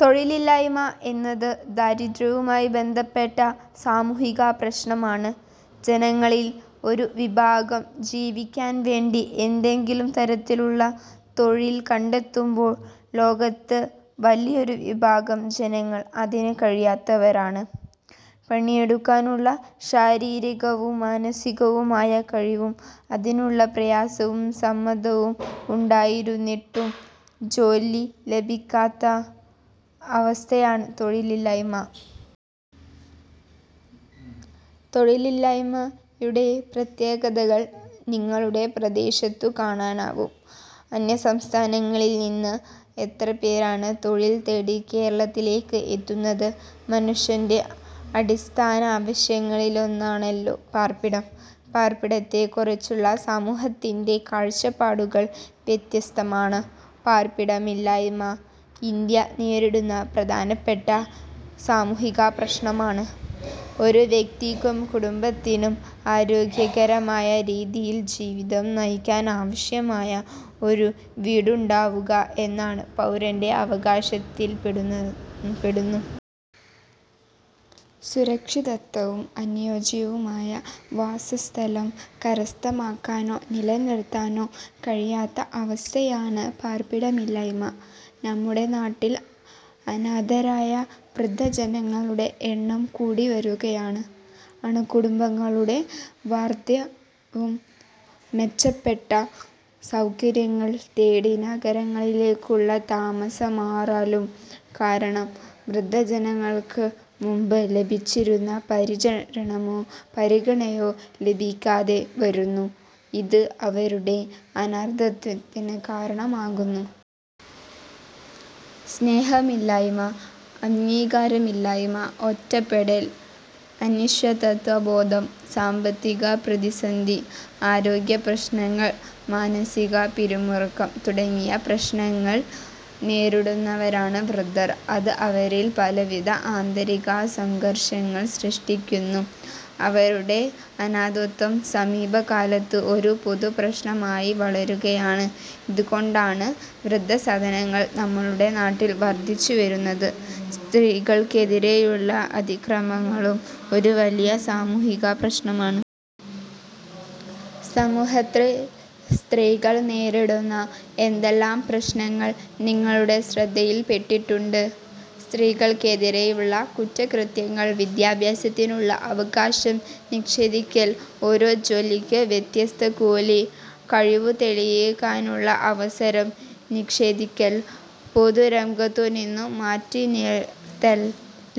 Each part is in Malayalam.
തൊഴിലില്ലായ്മ എന്നത് ദാരിദ്ര്യവുമായി ബന്ധപ്പെട്ട സാമൂഹിക പ്രശ്നമാണ്. ജനങ്ങളിൽ ഒരു വിഭാഗം ജീവിക്കാൻ വേണ്ടി ഏതെങ്കിലും തരത്തിലുള്ള തൊഴിൽ കണ്ടെത്തുമ്പോൾ ലോകത്ത് വലിയൊരു വിഭാഗം ജനങ്ങൾ അതിന് കഴിയാത്തവരാണ്. പണിയെടുക്കാനുള്ള ശാരീരികവും മാനസികവുമായ കഴിവും അതിനുള്ള പ്രായവും സമ്മതവും ഉണ്ടായിരുന്നിട്ടും ജോലി ലഭിക്കാത്ത അവസ്ഥയാണ് തൊഴിലില്ലായ്മ. തൊഴിലില്ലായ്മയുടെ പ്രത്യാഘാതങ്ങൾ നിങ്ങളുടെ പ്രദേശത്തും കാണാനാവും. അന്യസംസ്ഥാനങ്ങളിൽനിന്ന് എത്രപേരാണ് തൊഴിൽ തേടി കേരളത്തിലേക്ക് എത്തുന്നത്. മനുഷ്യന്റെ അടിസ്ഥാനാവശ്യങ്ങളിലൊന്നാണല്ലോ പാർപ്പിടം. പാർപ്പിടത്തെക്കുറിച്ചുള്ള സമൂഹത്തിന്റെ കാഴ്ചപ്പാടുകൾ വ്യത്യസ്തമാണ്. പാർപ്പിടമില്ലായ്മ ഇന്ത്യ നേരിടുന്ന പ്രധാനപ്പെട്ട സാമൂഹികപ്രശ്നമാണ്. ഒരു വ്യക്തിക്കും കുടുംബത്തിനും ആരോഗ്യകരമായ രീതിയിൽ ജീവിതം നയിക്കാനാവശ്യമായ ഒരു വീടുണ്ടാവുക എന്നത് പൗരന്റെ അവകാശത്തിൽപ്പെടുന്നു. സുരക്ഷിതത്വവും അനുയോജ്യവുമായ വാസസ്ഥലം കരസ്ഥമാക്കാനോ നിലനിർത്താനോ കഴിയാത്ത അവസ്ഥയാണ് പാർപ്പിടമില്ലായ്മ. നമ്മുടെ നാട്ടിൽ അനാഥരായ വൃദ്ധജനങ്ങളുടെ എണ്ണം കൂടിവരുകയാണ്. അണുകുടുംബങ്ങളുടെ വർധനവും മെച്ചപ്പെട്ട സൗകര്യങ്ങൾ തേടി നഗരങ്ങളിലേക്കുള്ള താമസം മാറലും കാരണം വൃദ്ധജനങ്ങൾക്ക് മുമ്പ് ലഭിച്ചിരുന്ന പരിചരണമോ പരിഗണനയോ ലഭിക്കാതെ വരുന്നു. ഇത് അവരുടെ അനാഥത്വത്തിന് കാരണമാകുന്നു. സ്നേഹമില്ലായ്മ, അംഗീകാരമില്ലായ്മ, ഒറ്റപ്പെടൽ, അനിശ്ചിതത്വബോധം, സാമ്പത്തികപ്രതിസന്ധി, ആരോഗ്യപ്രശ്നങ്ങൾ, മാനസികപിരിമുറുക്കം തുടങ്ങിയ പ്രശ്നങ്ങൾ നേരിടുന്നവരാണ് വൃദ്ധർ. ഇത് അവരിൽ പലവിധ ആന്തരിക സംഘർഷങ്ങൾ സൃഷ്ടിക്കുന്നു. അവരുടെ അനാഥത്വം സമീപകാലത്ത് ഒരു പൊതുപ്രശ്നമായി വളരുകയാണ്. ഇതുകൊണ്ടാണ് വൃദ്ധസദനങ്ങൾ നമ്മുടെ നാട്ടിൽ വർധിച്ചുവരുന്നത്. സ്ത്രീകൾക്കെതിരെയുള്ള അതിക്രമങ്ങളും ഒരു വലിയ സാമൂഹിക പ്രശ്നമാണ്. സമൂഹത്തിൽ സ്ത്രീകൾ നേരിടുന്ന എന്തെല്ലാം പ്രശ്നങ്ങൾ നിങ്ങളുടെ ശ്രദ്ധയിൽപ്പെട്ടിട്ടുണ്ട്? സ്ത്രീകൾക്കെതിരെയുള്ള കുറ്റകൃത്യങ്ങൾ. വിദ്യാഭ്യാസത്തിനുള്ള അവകാശം നിഷേധിക്കൽ. ഒരേ ജോലിക്ക് വ്യത്യസ്ത കൂലി. കഴിവു തെളിയിക്കാനുള്ള അവസരം നിഷേധിക്കൽ. പൊതുരംഗത്തുനിന്നു മാറ്റിനിർത്തൽ.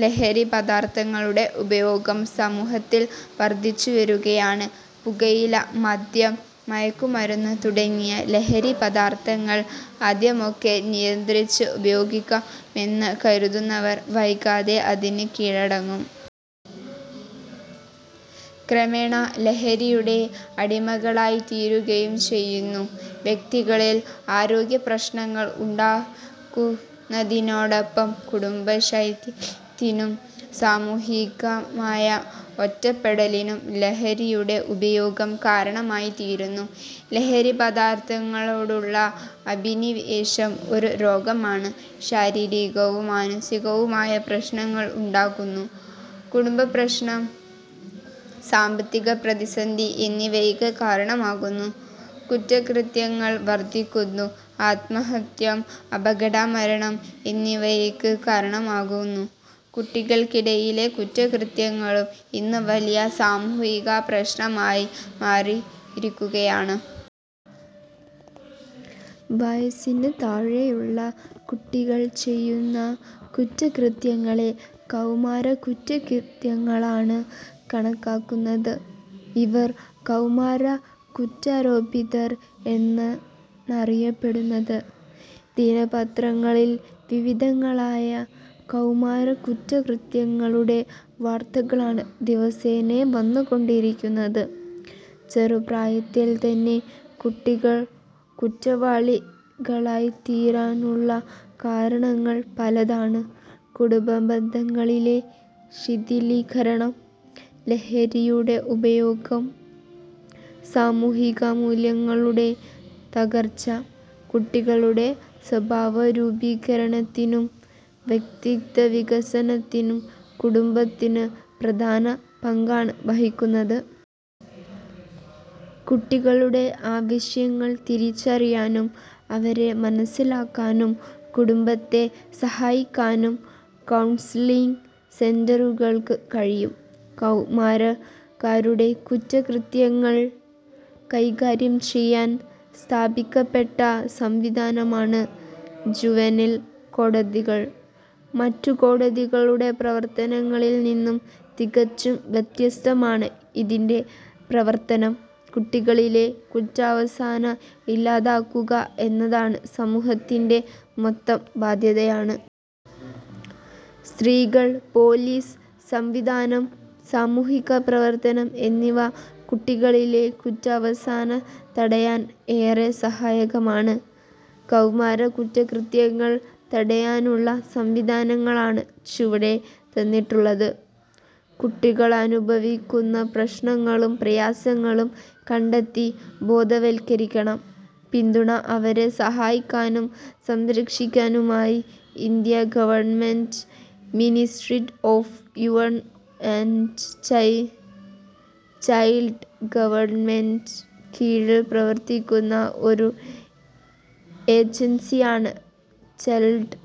ലഹരിപദാർഥങ്ങളുടെ ഉപയോഗം സമൂഹത്തിൽ വർധിച്ചുവരുകയാണ്. പുകയില, മദ്യം, മയക്കുമരുന്ന് തുടങ്ങിയ ലഹരിപദാർഥങ്ങൾ ആദ്യമൊക്കെ നിയന്ത്രിച്ച് ഉപയോഗിക്കാമെന്ന് കരുതുന്നവർ വൈകാതെ അതിന് കീഴടങ്ങും. ക്രമേണ ലഹരിയുടെ അടിമകളായിത്തീരുകയും ചെയ്യുന്നു. വ്യക്തികളിൽ ആരോഗ്യപ്രശ്നങ്ങൾ ഉണ്ടാക്കുന്നതിനോടൊപ്പം കുടുംബശൈഥില്യത്തിനും സാമൂഹികമായ ഒറ്റപ്പെടലിനും ലഹരിയുടെ ഉപയോഗം കാരണമായിത്തീരുന്നു. ലഹരിപദാർഥങ്ങളോടുള്ള അഭിനിവേശം ഒരു രോഗമാണ്. ശാരീരികവും മാനസികവുമായ പ്രശ്നങ്ങൾ ഉണ്ടാകുന്നു. കുടുംബപ്രശ്നം, സാമ്പത്തിക പ്രതിസന്ധി എന്നിവയ്ക്ക് കാരണമാകുന്നു. കുറ്റകൃത്യങ്ങൾ വർധിക്കുന്നു. ആത്മഹത്യ, അപകടമരണം എന്നിവയ്ക്ക് കാരണമാകുന്നു. കുട്ടികൾക്കിടയിലെ കുറ്റകൃത്യങ്ങളും ഇന്ന് വലിയ സാമൂഹികപ്രശ്നമായി മാറിയിരിക്കുകയാണ്. വയസ്സിനു താഴെയുള്ള കുട്ടികൾ ചെയ്യുന്ന കുറ്റകൃത്യങ്ങളെ കൗമാര കുറ്റകൃത്യങ്ങളായാണ് കണക്കാക്കുന്നത്. ഇവർ കൗമാര കുറ്റാരോപിതർ എന്നാണറിയപ്പെടുന്നത്. ദിനപത്രങ്ങളിൽ വിവിധങ്ങളായ കൗമാര കുറ്റകത്യങ്ങളുടെ വാർത്തകളാണ് ദിവസേന വന്നുകൊണ്ടിരിക്കുന്നത്. ചെറുപ്രായത്തിൽത്തന്നെ കുട്ടികൾ കുറ്റവാളികളായിത്തീരാനുള്ള കാരണങ്ങൾ പലതാണ്. കുടുംബബന്ധങ്ങളിലെ ശിഥിലീകരണം. ലഹരിയുടെ ഉപയോഗം. ദൃശ്യമാധ്യമങ്ങളുടെ ദുരുപയോഗം. സാമൂഹികമൂല്യങ്ങളുടെ തകർച്ച. കുട്ടികളുടെ സ്വഭാവരൂപീകരണത്തിനും വ്യക്തിത്വവികാസത്തിനും കുടുംബത്തിന് പ്രധാന പങ്കാണ് വഹിക്കാനുള്ളത്. കുട്ടികളുടെ ആവശ്യങ്ങൾ തിരിച്ചറിയാനും അവരെ മനസ്സിലാക്കാനും കുടുംബത്തെ സഹായിക്കാനും കൗൺസലിംങ് സെന്ററുകൾക്ക് കഴിയും. കൗമാരക്കാരുടെ കുറ്റ കൃത്യങ്ങൾ കൈകാര്യം ചെയ്യാൻ സ്ഥാപിക്കപ്പെട്ട സംവിധാനമാണ് ജുവനൈൽ കോടതികൾ. മറ്റു കോടതികളുടെ പ്രവർത്തനങ്ങളിൽ നിന്നു തികച്ചും വ്യത്യസ്തമാണ് ഇതിന്റെ പ്രവർത്തനം. കുട്ടികളിലെ കുറ്റവാസന ഇല്ലാതാക്കുക എന്നത് സമൂഹത്തിന്റെ മൊത്തം ബാധ്യതയാണ്. സ്കൂളുകൾ, പൊലീസ് സംവിധാനം, സാമൂഹിക പ്രവർത്തനം എന്നിവ കുട്ടികളിലെ കുറ്റവാസന തടയാൻ ഏറെ സഹായകമാണ്. കൗമാര കുറ്റകൃത്യങ്ങൾ തടയാനുള്ള സംവിധാനങ്ങളാണ് ചുവടെ തന്നിട്ടുള്ളത്. കുട്ടികളനുഭവിക്കുന്ന പ്രശ്നങ്ങളും പ്രയാസങ്ങളും കണ്ടെത്തി ബോധവൽക്കരണം, പിന്തുണ അവരെ സഹായിക്കാനും സംരക്ഷിക്കാനുമായി ഇന്ത്യാ ഗവൺമെന്റിന്റെ ministry of woman and child ഡവലപ്മെന്റിന്റെ കീഴിൽ പ്രവർത്തിക്കുന്ന ഒരു ഏജൻസിയാണ് ചൈൽഡ് ലൈൻ.